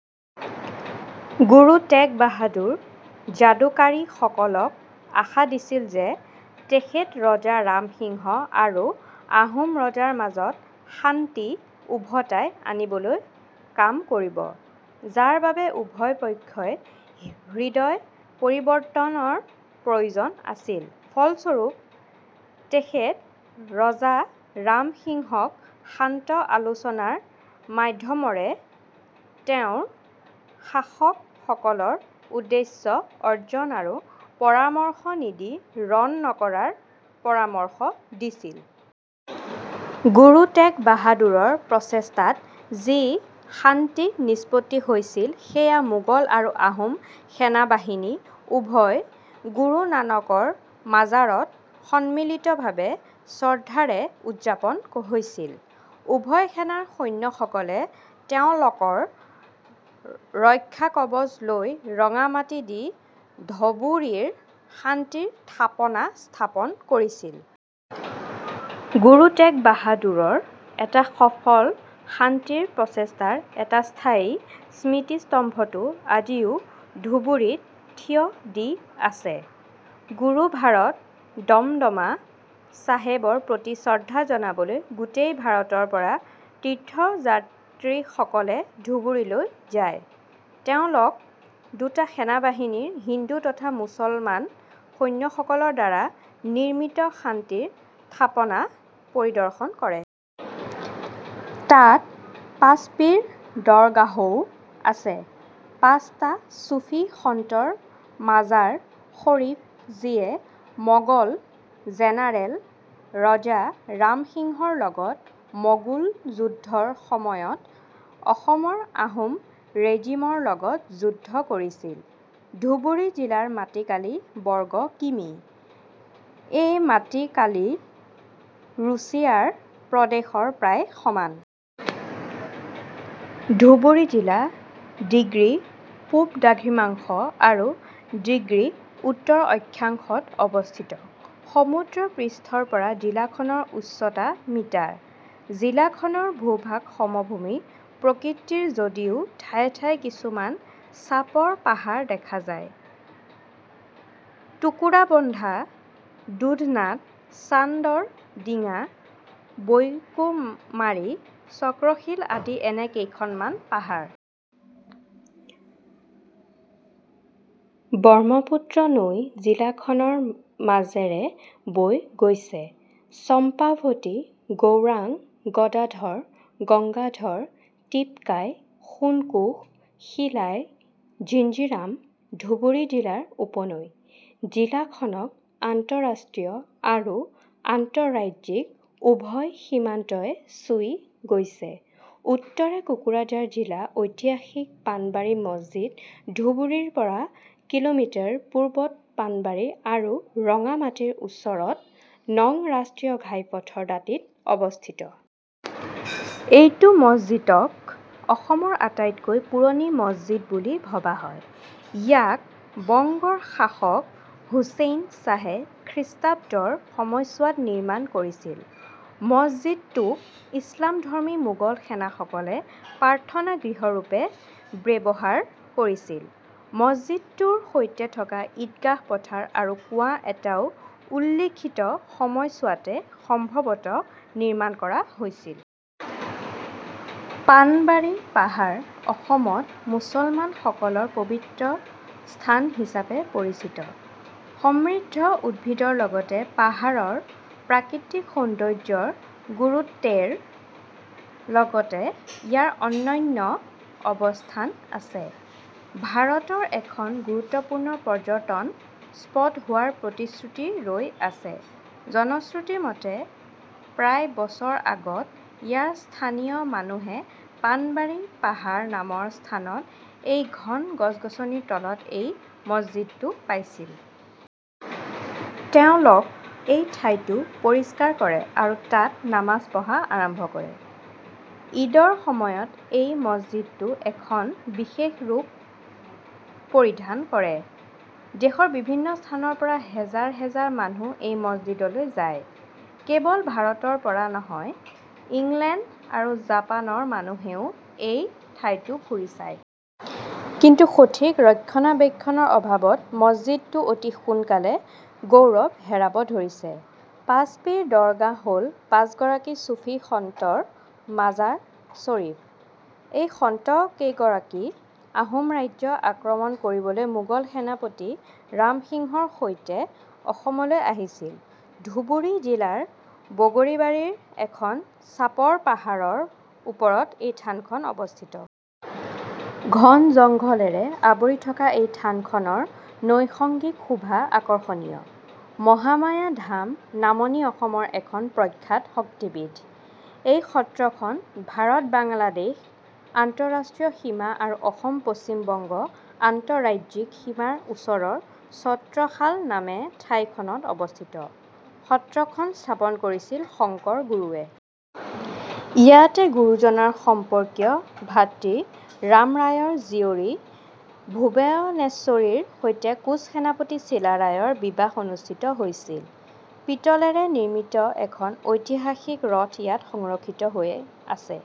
গুৰু টেগ বাহাদুৰ যাদুকাৰীসকলক আশা দিছিল যে তেখেত ৰজা ৰাম সিংহ আৰু আহোম ৰজা ৰ মাজত শান্তি ওভতাই আনিবলৈ কাম কৰিব, যাৰ বাবে উভয় পক্ষই হৃদয় পৰিবৰ্তনৰ প্ৰয়োজন আছিল। ফলস্বৰূপ, তেখেত ৰজা ৰাম সিংহক শান্ত আলোচনাৰ মাধ্যমৰে তেওঁৰ শাসকসকলৰ উদ্দেশ্য অৰ্জন আৰু পৰামৰ্শ নিদি ৰণ নকৰাৰ পৰামৰ্শ দিছিল। গুৰু টেগ বাহাদুৰৰ প্ৰচেষ্টাত যি শান্তি নিষ্পত্তি হৈছিল সেয়া মোগল আৰু আহোম সেনাবাহিনী উভয় গুৰু নানকৰ মাজাৰত সম্মিলিতভাবে শ্ৰদ্ধাৰে উৎযাপন হৈছিল। উভয় সেনাৰ সৈন্যসকলে তেওঁলকৰ ৰক্ষাকবজ লৈ ৰঙা মাটি দি ধবুৰীৰ শান্তিৰ থাপনা স্থাপন কৰিছিল। গুৰু টেগ বাহাদুৰৰ এটা সফল শান্তিৰ প্ৰচেষ্টাৰ এই স্থায়ী স্মৃতিস্তম্ভটো আজিও ধুবুৰীত থিয় দি আছে। গুৰুভাৰত দমদমা চাহেবৰ প্ৰতি শ্ৰদ্ধা জনাবলৈ গোটেই ভাৰতৰ পৰা তীৰ্থযাত্ৰীসকলে ধুবুৰীলৈ যায়। তেওঁলক দুটা সেনাবাহিনীৰ হিন্দু তথা মুছলমান সৈন্যসকলৰ দ্বাৰা নিৰ্মিত শান্তিৰ থাপনা পৰিদৰ্শন কৰে। তাত পাঁচপীৰ দৰগাহও আছে, পাঁচটা চুফী সন্তৰ মাজাৰ শৰীফ যিয়ে মগল জেনাৰেল ৰজা ৰাম সিংহৰ লগত মগোল যুদ্ধৰ সময়ত অসমৰ আহোম ৰেজিমৰ লগত যুদ্ধ কৰিছিল। ধুবুৰী জিলাৰ মাটি কালি বৰ্গ কিঃমিঃ। এই মাটি কালি ৰুচিয়াৰ প্ৰদেশৰ প্ৰায় সমান। ধুবুৰী জিলা - ডিগ্ৰী পূব দ্ৰাঘিমাংশ আৰু - ডিগ্ৰী উত্তৰ অক্ষাংশত অৱস্থিত। সমুদ্ৰ পৃষ্ঠৰ পৰা জিলাখনৰ উচ্চতা মিটাৰ। জিলাখনৰ ভূভাগ সমভূমি প্ৰকৃতিৰ যদিও ঠায়ে ঠায়ে কিছুমান চাপৰ পাহাৰ দেখা যায়। টোকোৰাবন্ধা, দুধনাথ, চান্দৰ দিঙা, বৌকুমাৰী, চক্ৰশীল আদি এনে কেইখনমান পাহাৰ। ব্ৰহ্মপুত্ৰ নৈ জিলাখনৰ মাজেৰে বৈ গৈছে। চম্পাৱতী, গৌৰাং, গদাধৰ, গংগাধৰ, টিপকাই, সোণকোষ, শিলাই, জিঞ্জিৰাম ধুবুৰী জিলাৰ উপনৈ। জিলাখনক আন্তঃৰাষ্ট্ৰীয় আৰু আন্তঃৰাজ্যিক উভয় সীমান্তই চুই গৈছে। উত্তৰে কোকৰাঝাৰ জিলা ঐতিহাসিক পাণবাৰী মছজিদ ধুবুৰীৰ পৰা কিঃমিঃ পূবত পাণবাৰী আৰু ৰঙামাটিৰ ওচৰত, নং ৰাষ্ট্ৰীয় ঘাইপথৰ দাঁতিত অৱস্থিত। এইটো মছজিদক অসমৰ আটাইতকৈ পুৰণি মছজিদ বুলি ভবা হয়। ইয়াক বংগৰ শাসক হুচেইন শ্বাহে খৃষ্টাব্দৰ সময়চোৱাত নিৰ্মাণ কৰিছিল। মছজিদটোক ইচলামধৰ্মী মোগল সেনাসকলে প্ৰাৰ্থনা-গৃহৰূপে ব্যৱহাৰ কৰিছিল। মছজিদটোৰ সৈতে থকা ইদগাহ পথাৰ আৰু কুঁৱা এটাও উল্লিখিত সময়চোৱাতে সম্ভৱতঃ নিৰ্মাণ কৰা হৈছিল। পাণবাৰী "পাহাৰ", অসমত মুছলমান সকলৰ পবিত্ৰ স্থান হিচাপে পৰিচিত। সমৃদ্ধ উদ্ভিদৰ লগতে পাহাৰৰ প্ৰাকৃতিক সৌন্দৰ্যৰ গুৰুত্বেৰ লগতে ইয়াৰ অনন্য অৱস্থান আছে, ভাৰত ৰ এখন গুৰুত্বপূৰ্ণ পৰ্যটন স্পট হোৱাৰ প্ৰতিশ্ৰুতি ৰৈ আছে। জনশ্ৰুতি মতে, প্ৰায় বছৰ আগত ইয়াৰ স্থানীয় মানুহে পাণবাৰী "পাহাৰ" নামৰ স্থানত এই ঘন গছ-গছনিৰ তলত এই মছজিদটো পাইছিল। তেওঁলক এই ঠাইটো পৰিষ্কাৰ কৰে আৰু তাত নামাজ পঢ়া আৰম্ভ কৰে। ' ঈদ '-ৰ সময়ত এই মছজিদটো এখন বিশেষ ৰূপ পৰিধান কৰে। দেশৰ বিভিন্ন স্থানৰ পৰা হেজাৰ হেজাৰ মানুহ এই মছজিদলৈ যায়। কেৱল ভাৰতৰ পৰা নহয়, ইংলেণ্ড আৰু জাপান ৰ মানুহেও এই ঠাইটো ফুৰি চায়। কিন্তু সঠিক ৰক্ষণাবেক্ষণৰ অভাবত মছজিদটো অতি সোনকালে গৌৰৱ হেৰাব ধৰিছে। পাঁচ পীৰ দৰগাহ হ'ল পাঁচগৰাকী চুফী সন্তৰ মাজাৰ চৰিফ। এই সন্তকেইগৰাকী আহোম ৰাজ্য আক্ৰমণ কৰিবলৈ মোগল সেনাপতি ৰামসিংহৰ সৈতে অসমলৈ আহিছিল। ধুবুৰী জিলাৰ বগৰীবাৰীৰ এখন চাপৰ পাহাৰৰ ওপৰত এই থানখন অৱস্থিত। ঘন জংঘলেৰে আৱৰি থকা এই থানখনৰ নৈসৰ্গিক শোভা আকৰ্ষণীয়। মহামায়া ধাম নামনি অসমৰ এখন প্ৰখ্যাত শক্তিপীঠ। এই সত্ৰখন ভাৰত-বাংলাদেশ আন্তঃৰাষ্ট্ৰীয় সীমা আৰু অসম-পশ্চিম বংগ আন্তঃৰাজ্যিক সীমাৰ ওচৰৰ ছত্ৰশাল নামে ঠাইখনত অৱস্থিত। সত্ৰখন স্থাপন কৰিছিল শংকৰ গুৰুৱে। ইয়াতে গুৰুজনাৰ সম্পৰ্কীয় ভাতৃ ৰামৰায়ৰ জীয়ৰী ভুৱনেশ্বৰীৰ সৈতে কোঁচ সেনাপতি চিলাৰায়ৰ বিবাহ অনুষ্ঠিত হৈছিল। পিতলেৰে নিৰ্মিত এখন ঐতিহাসিক ৰথ ইয়াত সংৰক্ষিত হৈ আছে।